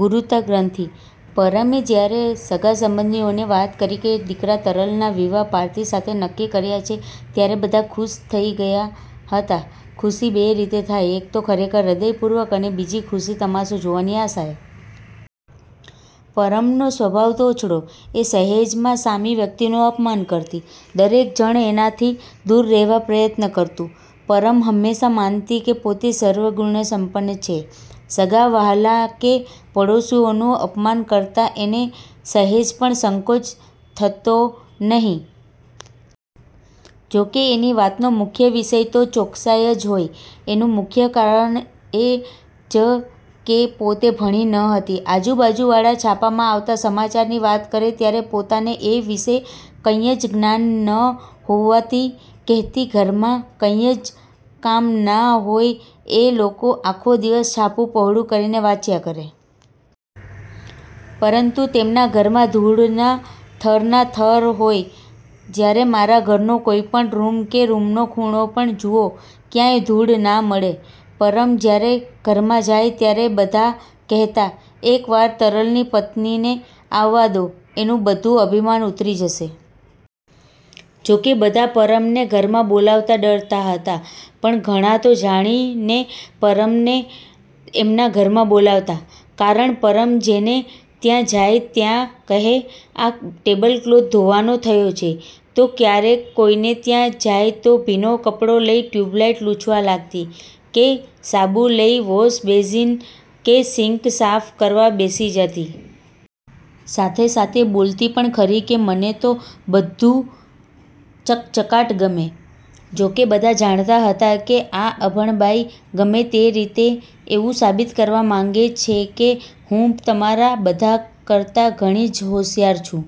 ગુરૂતાગ્રંથિ: પરમે જયારે સગાસંબંધીઓને વાત કરી કે દીકરા તરલના વિવાહ પાર્થી સાથે નક્કી કર્યા છે, ત્યારે બધા ખુશ થઈ ગયા હતા. ખુશી બે રીતે થાય એક તો ખરેખર હ્દયપૂર્વક અને બીજી ખુશી તમાશો જોવાની આશાએ. પરમનો સ્વભાવ તોછડો. એ સહેજમાં સામી વ્યક્તિનું અપમાન કરતી. દરેક જણ એનાથી દૂર રહેવા પ્રયત્ન કરતું. પરમ હમેશાં માનતી કે પોતે સર્વગુણસંપન્ન છે. સગાવહાલા કે પડોશીઓનું અપમાન કરતાં એને સહેજપણ સંકોચ થતો નહીં. જો કે એની વાતનો મુખ્ય વિષય તો ચોખ્ખાઈ જ હોય. એનું મુખ્ય કારણ એ જ કે પોતે ભણી ન હતી. આજુ-બાજુવાળા છાપામાં આવતાં સમાચારની વાત કરે ત્યારે પોતાને એ વિષે કંઈ જ જ્ઞાન ન હોવાથી કહેતી,"ઘરમાં કંઈ જ કામ ના હોય એ લોકો આખો દિવસ છાપું પહોળું કરીને વાંચ્યા કરે. પરંતુ તેમના ઘરમાં ધૂળના થરના થર હોય. જયારે મારા ઘરનો કોઈ પણ રુમ કે રુમનો ખૂણો પણ જુઓ ક્યાંય ધૂળ ના મળે."પરમ જયારે ઘરમાં જાય ત્યારે બધા કહેતાં, "એકવાર તરલની પત્નીને આવવા દો એનું બધું અભિમાન ઉતરી જશે." જો કે બધા પરમને ઘરમાં બોલાવતાં ડરતાં હતાં, પણ ઘણા તો જાણીને પરમને એમના ઘરમાં બોલાવતાં, કારણ પરમ જેને ત્યાં જાય ત્યાં કહે,"આ ટેબલ કલોથ ધોવાનો થયો છે." તો કયારેક કોઈને ત્યાં જાય તો ભીનો કપડો લઈ ટ્યુબલાઈટ લૂછવા લાગતી, કે સાબુ લઈ વોશબેઝીન કે સિન્ક સાફ કરવા બેસી જતી. સાથે-સાથે બોલતી પણ ખરી કે,"મને તો બધુ ચકચકાટ ગમે." જો કે બધા જાણતાં હતાં કે આ અભણબાઈ ગમે તે રીતે એવું સાબિત કરવા માંગે છે કે હું તમારા બધા કરતાં ઘણી જ હોંશિયાર છું.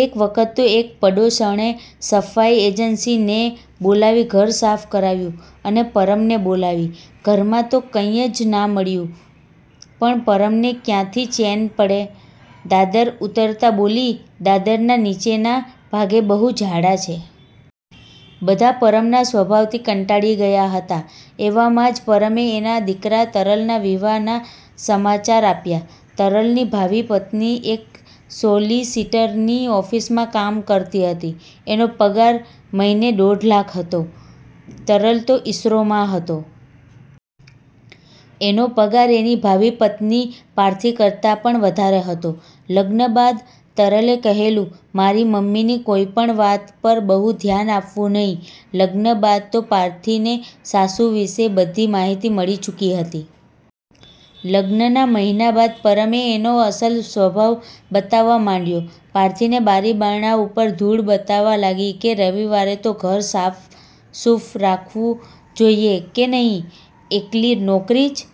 એકવખત તો એક પડોશણે સફાઈ એજન્સી ને બોલાવી ઘર સાફ કરાવ્યું અને પરમને બોલાવી. ઘરમાં તો કંઈ જ ના મળ્યું, પણ પરમને કયાંથી ચેન પડે? દાદર ઉતરતાં બોલી, "દાદરના નીચેના ભાગે બહુુ જાળાં છે." બધા પરમના સ્વભાવથી કંટાળી ગયા હતાં. એવામાં જ પરમે એના દીકરા તરલના વિવાહ ના સમાચાર આપ્યા. તરલની ભાવી પત્ની એક સોલિસીટરની ઓફિસમાં કામ કરતી હતી, એનો પગાર મહિને દોઢલાખ હતો. તરલ તો ઈસરોમાં હતો. એનો પગાર એની ભાવિ પત્ની પાર્થી કરતાં પણ વધારે હતો. લગ્ન બાદ તરલે કહેલું, "મારી મમ્મીની કોઈ પણ વાત પર બહુ ધ્યાન આપવું નહિ." લગ્ન બાદ તો પાર્થી ને સાસુ વિષે બધી માહિતી મળી ચૂકી હતી. લગ્નના મહિના બાદ પરમે એનો અસલ સ્વભાવ બતાવવા માંડયો. પાર્થીને બારીબારણા ઉપર ધૂળ બતાવવા લાગી કે રવિવારે તો ઘર સાફસુફ રાખવું જોઈએ કે નહિ? એકલી નોકરી જ